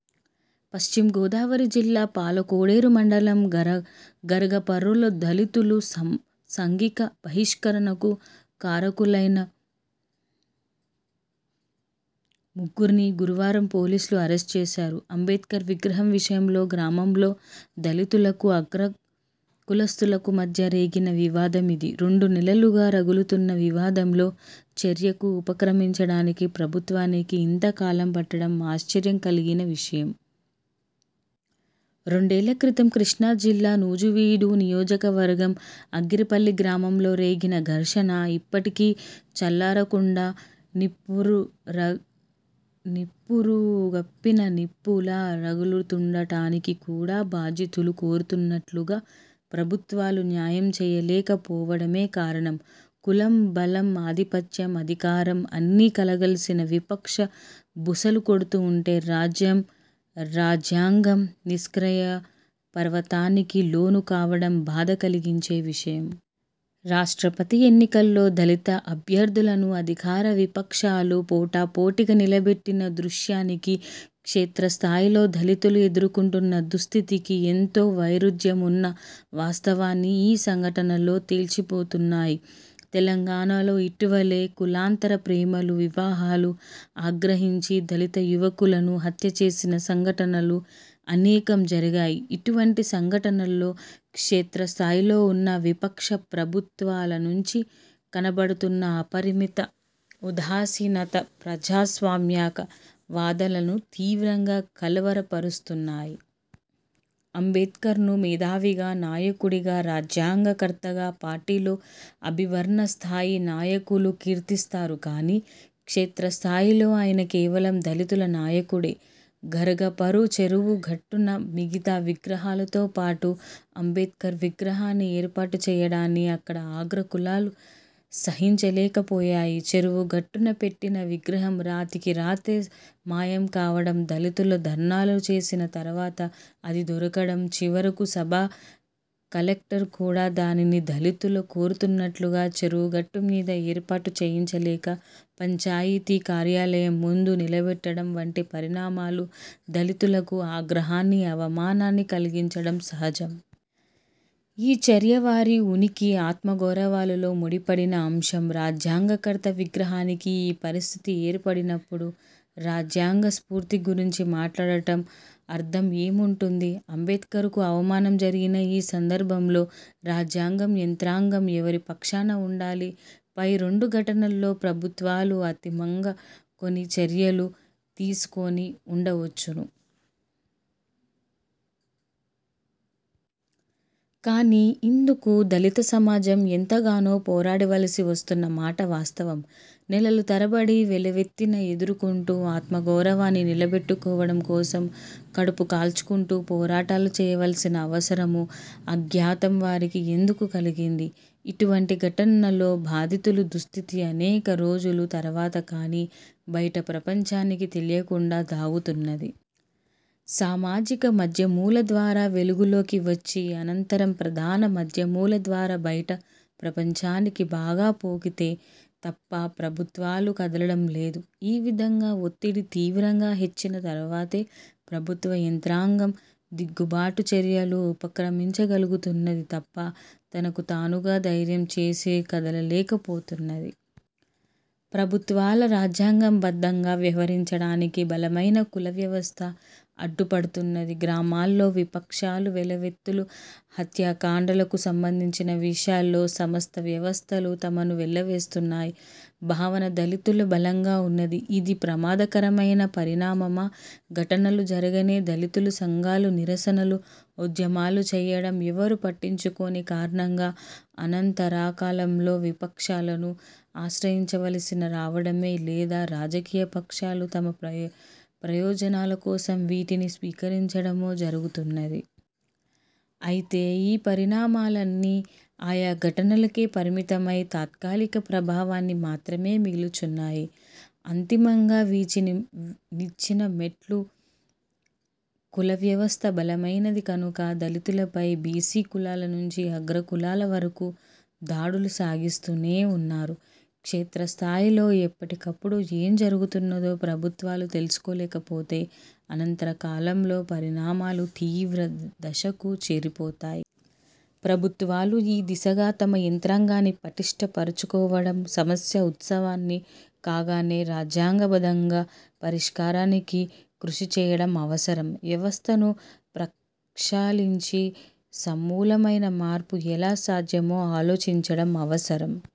పశ్చిమ గోదావరి జిల్లా పాలకోడేరు మండలం గరగపర్రులో దళితుల సాంఘిక బహిష్కరణకు కారకులైన ముగ్గురిని గురువారం పోలీసులు అరెస్టుచేశారు. అంబేడ్కర్ విగ్రహం విషయంలో గ్రామంలోని దళితులకూ, అగ్రకులస్థులకు మధ్య రేగిన వివాదం ఇది. రెండు నెలలుగా రగులుతున్న వివాదంలో చర్యకు ఉపక్రమించడానికి ప్రభుత్వానికి ఇంతకాలం పట్టడం ఆశ్చర్యం కలిగించే విషయం. రెండేళ్ళ క్రితం కృష్ణాజిల్లా నూజివీడు నియోజకవర్గం ఆగిరిపల్లి గ్రామంలో రేగిన ఘర్షణ ఇప్పటికీ చల్లారకుండా నివురుగప్పిన నిప్పులా రగులుతూండటానికి కూడా బాధితులు కోరుతున్నట్టుగా ప్రభుత్వాలు న్యాయం చేయలేక పోవడమే కారణం. కులం, బలం, ఆధిపత్యం, అధికారం అన్నీ కలగలసిన వివక్ష బుసలు కొడుతుంటే రాజ్యం, రాజ్యాంగం నిష్క్రియా పరత్వానికి లోను కావడం బాధ కలిగించే విషయం. రాష్ట్రపతి ఎన్నికలో దళిత అభ్యర్థులను అధికార విపక్షాలు పోటాపోటీగా నిలబెట్టిన దృశ్యానికీ, క్షేత్రస్థాయిలో దళితులు ఎదుర్కొంటున్న దుస్థితికీ ఎంతో వైరుధ్యం ఉన్న వాస్తవాన్ని ఈ సంఘటనలు తేల్చిచెబుతున్నాయి. తెలంగాణలో ఇటీవలే కులాంతర ప్రేమలు, వివాహాలకు ఆగ్రహించి దళిత యువకులను హత్యచేసిన సంఘటనలు అనేకం జరిగాయి. ఇటువంటి సంఘటనల్లో క్షేత్రస్థాయిలో ఉన్న వివక్ష, ప్రభుత్వాల నుంచి కనబడుతున్న అపరిమిత ఉదాసీనత ప్రజాస్వామిక వాదులను తీవ్రంగా కలవరపరుస్తున్నాయి. అంబేడ్కర్ను మేధావిగా, నాయకుడిగా, రాజ్యాంగ కర్తగా పార్టీలు అభివర్ణిస్తాయి, నాయకులు కీర్తిస్తారు. కానీ, క్షేత్రస్థాయిలో ఆయన కేవలం దళితుల నాయకుడే. గరగపర్రు చెరువు గట్టున మిగతా విగ్రహాలతో పాటు అంబేడ్కర్ విగ్రహాన్ని ఏర్పాటు చేయడాన్ని అక్కడి అగ్ర కులాలు సహించలేక పోయాయి. చెరువు గట్టున పెట్టిన విగ్రహం రాత్రికి రాత్రి మాయం కావడం, దళితులు ధర్నాలు చేసిన తరువాత అది దొరకడం, చివరకు సబ్ కలెక్టర్ కూడా దానిని దళితులు కోరుతున్నట్టుగా చెరువుగట్టు మీద ఏర్పాటు చేయించలేక, పంచాయితీ కార్యాలయం ముందు నిలబెట్టడం వంటి పరిణామాలు దళితులకు ఆగ్రహాన్ని, అవమానాన్ని కలిగించడం సహజం. ఈ చర్య వారి ఉనికి, ఆత్మగౌరవాలతో ముడిపడిన అంశం. రాజ్యాంగకర్త విగ్రహానికే ఈ పరిస్థితి ఏర్పడినప్పుడు రాజ్యాగ స్ఫూర్తి గురించి మాట్లాడటంలో అర్థం ఏముంటుంది? అంబేడ్కర్కు అవమానం జరిగిన ఈ సందర్భంలో రాజ్యాంగ యంత్రాంగం ఎవరిపక్షాన ఉండాలి? పై రెండు ఘటనల్లోనూ ప్రభుత్వాలు అంతిమంగా కొన్ని చర్యలు తీసుకొని వుండవచ్చును. కానీ, ఇందుకు దళితసమాజం ఎంతగానో పోరాడవలసి వస్తున్న మాట వాస్తవం. నెలల తరబడి వెలివేతను ఎదుర్కొంటూ ఆత్మగౌరవాన్ని నిలబెట్టుకోవడం కోసం కడుపు కాల్చుకుంటూ పోరాటాలు చేయవలసిన అవసరమూ, అగత్యమూ వారికి ఎందుకు కలిగింది? ఇటువంటి ఘటనల్లో బాధితుల దుస్థితి అనేక రోజుల తరువాత కానీ బయటి ప్రపంచానికి తెలియకుండా దాగుతున్నది. సామాజిక మాధ్యమాల ద్వారా వెలుగులోకి వచ్చి, అనంతరం ప్రధాన మాధ్యమాల ద్వారా బయట ప్రపంచానికి బాగా పొక్కితే తప్ప ప్రభుత్వాలు కదలడం లేదు. ఈ విధంగా ఒత్తిడి తీవ్రంగా హెచ్చిన తరువాతే ప్రభుత్వ యంత్రాంగం దిద్దుబాటు చర్యలకు ఉపక్రమించగలుగుతున్నది తప్ప తనకు తానుగా ధైర్యం చేసి కదలలేక పోతున్నది. ప్రభుత్వాలు రాజ్యాంగ బద్ధంగా వ్యహరించడానికి బలమైన కుల వ్యవస్థ అడ్డు పడుతున్నది. గ్రామాల్లోని వివక్షలు, వెలివేతలు, హత్యాకాండలకు సంబంధించిన విషయాల్లో సమస్త వ్యవస్థలూ తమను వెలివేస్తున్నాయన్న భావన దళితుల్లో బలంగా ఉన్నది. ఇది ప్రమాదకరమైన పరిణామం. ఘటనలు జరగ్గానే దళిత సంఘాలు నిరసనలు, ఉద్యమాలు చేయడం, ఎవరూ పట్టించుకోని కారణంగా అనంతరకాలంలో విపక్షాలను ఆశ్రయించవలసి రావడమో, లేదా రాజకీయపక్షాలే తమ ప్రయోజనాల కోసం వీటిని స్వీకరించడమో జరుగుతున్నది. అయితే, ఈ పరిణామాలన్నీ ఆయా ఘటనలకే పరిమితమై, తాత్కాలిక ప్రభావాన్ని మాత్రమే మిగల్చుతున్నాయి. అంతిమంగా నిచ్చెన మెట్ల కులవ్యవస్థ బలమైనది కనుక దళితులపై బీసీ కులాల నుంచి అగ్ర కులాల వరకూ దాడులు సాగిస్తూనే ఉన్నారు. క్షేత్రస్థాయిలో ఎప్పటికప్పుడు ఏం జరుగుతున్నదో ప్రభుత్వాలు తెలుసుకోలేకపోతే అనంతర కాలంలో పరిణామాలు తీవ్ర దశకు చేరిపోతాయి. ప్రభుత్వాలు ఈ దిశగా తమ యంత్రాంగాన్ని పటిష్ఠ పరచుకోవడం, సమస్య ఉత్పన్నం కాగానే రాజ్యాంగ బద్ధంగా పరిష్కారానికి కృషిచేయడం అవసరం. వ్యవస్థను ప్రక్షాళించి సమూలమైన మార్పు ఎలా సాధ్యమో ఆలోచించడం అవసరం.